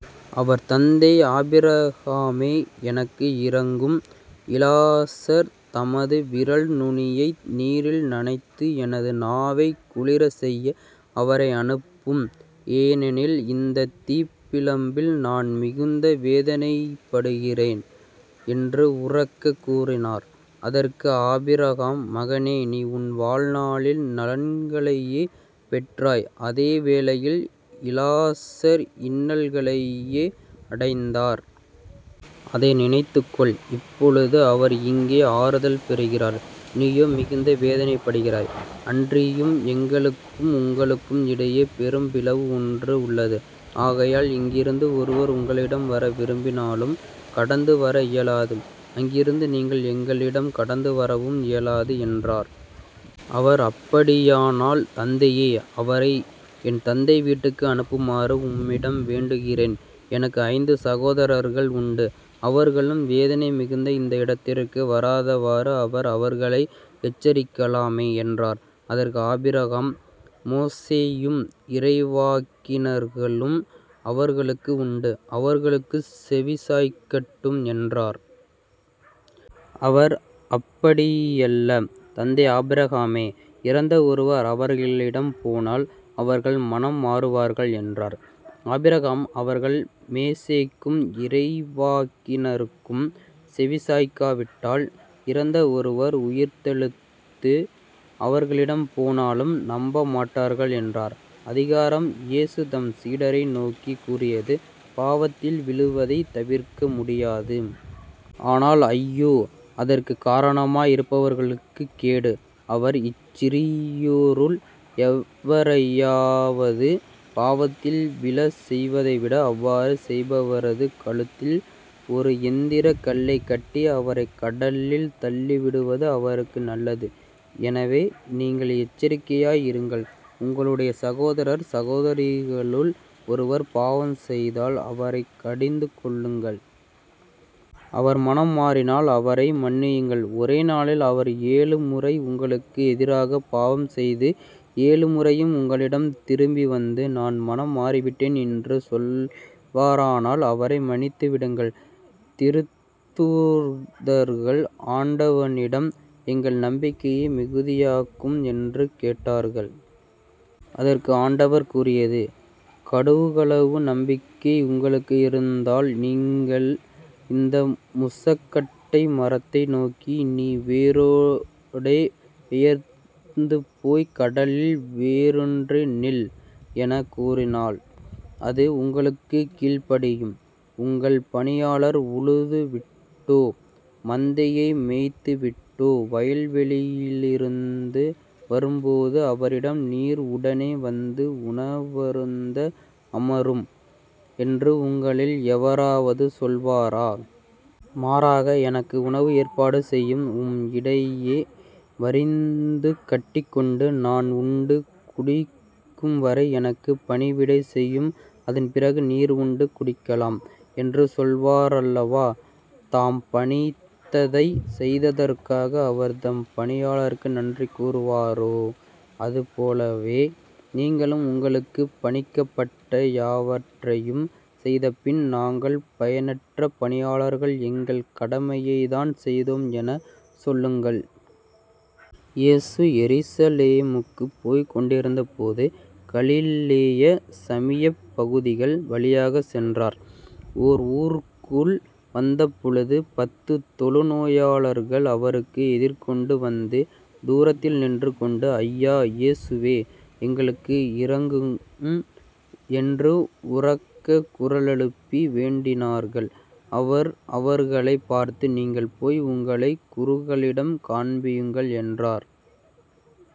அவர், "தந்தை ஆபிரகாமே, எனக்கு இரங்கும். இலாசர் தமது விரல் நுனியைத் நீரில் நனைத்து எனது நாவைக் குளிரச்செய்ய அவரை அனுப்பும். ஏனெனில் இந்தத் தீப்பிழம்பில் நான் மிகுந்த வேதனைப்படுகிறேன்" என்று உரக்கக் கூறினார். அதற்கு ஆபிரகாம், "மகனே, நீ உன் வாழ்நாளில் நலன்களையே பெற்றாய் அதே வேளையில் இலாசர் இன்னல்களையே அடைந்தார். அதை நினைத்துக் கொள். இப்பொழுது அவர் இங்கே ஆறுதல் பெறுகிறார், நீயோ மிகுந்த வேதனைப்படுகிறாய். அன்றியும் எங்களுக்கும் உங்களுக்கும் இடையே பெரும் பிளவு ஒன்று உள்ளது. ஆகையால் இங்கிருந்து ஒருவர் உங்களிடம் வர விரும்பினாலும் கடந்து வர இயலாது. அங்கிருந்து நீங்கள் எங்களிடம் கடந்து வரவும் இயலாது" என்றார். "அவர், "அப்படியானால் தந்தையே, அவரை என் தந்தை வீட்டுக்கு அனுப்புமாறு உம்மிடம் வேண்டுகிறேன். எனக்கு ஐந்து சகோதரர்கள் உண்டு. அவர்களும் வேதனை மிகுந்த இந்த இடத்திற்கு வராதவாறு அவர் அவர்களை எச்சரிக்கலாமே" என்றார். அதற்கு ஆபிரகாம், "மோசேயும் இறைவாக்கினர்களும் அவர்களுக்கு உண்டு. அவர்களுக்குச் செவிசாய்க்கட்டும்" என்றார். அவர், "அப்படியல்ல, தந்தை ஆபிரகாமே, இறந்த ஒருவர் அவர்களிடம் போனால் அவர்கள் மனம் மாறுவார்கள்" என்றார். ஆபிரகாம், "அவர்கள் மோசேக்கும் இறைவாக்கினருக்கும் செவிசாய்க்காவிட்டால், இறந்த ஒருவர் உயிர்த்தெழுந்து அவர்களிடம் போனாலும் நம்பமாட்டார்கள்" என்றார். " அதிகாரம் இயேசு தம் சீடரை நோக்கிக் கூறியது"பாவத்தில் விழுவதைத் தவிர்க்க முடியாது. ஆனால் ஐயோ. அதற்குக் காரணமாய் இருப்பவருக்குக் கேடு. அவர் இச்சிறியோருள் எவரையாவது பாவத்தில் விழச் செய்வதைவிட அவ்வாறு செய்பவரது கழுத்தில் ஒரு எந்திரக் கல்லைக் கட்டி அவரைக் கடலில் தள்ளிவிடுவது அவருக்கு நல்லது. எனவே, நீங்கள் எச்சரிக்கையாய் இருங்கள். உங்களுடைய சகோதரர் சகோதரிகளுள் ஒருவர் பாவம் செய்தால் அவரைக் கடிந்துகொள்ளுங்கள். அவர் மனம் மாறினால் அவரை மன்னியுங்கள். ஒரே நாளில் அவர் ஏழு முறை உங்களுக்கு எதிராகப் பாவம் செய்து ஏழு முறையும் உங்களிடம் திரும்பி வந்து, "நான் மனம் மாறிவிட்டேன்" என்று சொல்வாரானால் அவரை மன்னித்து விடுங்கள். " திருத்தூதர்கள் ஆண்டவரிடம், "எங்கள் நம்பிக்கையை மிகுதியாக்கும்" என்று கேட்டார்கள். அதற்கு ஆண்டவர் கூறியது"கடுகளவு நம்பிக்கை உங்களுக்கு இருந்தால் நீங்கள் இந்த முசக்கட்டை மரத்தை நோக்கி, "நீ வேரோடே பெயர்ந்துபோய்க் கடலில் வேருன்றி நில்" எனக் கூறினால் அது உங்களுக்குக் கீழ்ப்படியும். "உங்கள் பணியாளர் உழுது விட்டோ, மந்தையை மேய்த்துவிட்டோ வயல்வெளியிலிரந்து வரும்போது அவரிடம், "நீர் உடனே வந்து உணவருந்த அமரும்" என்று உங்களில் எவராவது சொல்வாரா? மாறாக, "எனக்கு உணவு ஏற்பாடு செய்யும், உம் இடையை வரிந்துகட்டிக்கொண்டு, நான் உண்டு குடிக்கும்வரை எனக்குப் பணிவிடை செய்யும் அதன்பிறகு நீர் உண்டு குடிக்கலாம்" என்று சொல்வாரல்லவா? தாம் பணித்ததைச் செய்ததற்காக அவர் தம் பணியாளருக்கு நன்றி கூறுவாரோ? அது போலவே, நீங்களும் உங்களுக்குப் பணிக்கப்பட்ட யாவற்றையும் செய்தபின், "நாங்கள் பயனற்ற பணியாளர்கள் எங்கள் கடமையைத்தான் செய்தோம்" எனச் சொல்லுங்கள். " இயேசு எருசலேமுக்குப் போய்க் கொண்டிருந்தபோது கலிலேய, சமியப் பகுதிகள் வழியாகச் சென்றார். ஓர் ஊருக்குள் வந்தபொழுது, பத்து தொழுநோயாளர்கள் அவருக்கு எதிர்கொண்டு வந்து, தூரத்தில் நின்று கொண்டு, "ஐயா. இயேசுவே, எங்களுக்கு இரங்கும்" என்று உரக்கக் குரலெழுப்பி வேண்டினார்கள். அவர் அவர்களைப் பார்த்து, "நீங்கள் போய் உங்களைக் குருக்களிடம் காண்பியுங்கள்" என்றார்.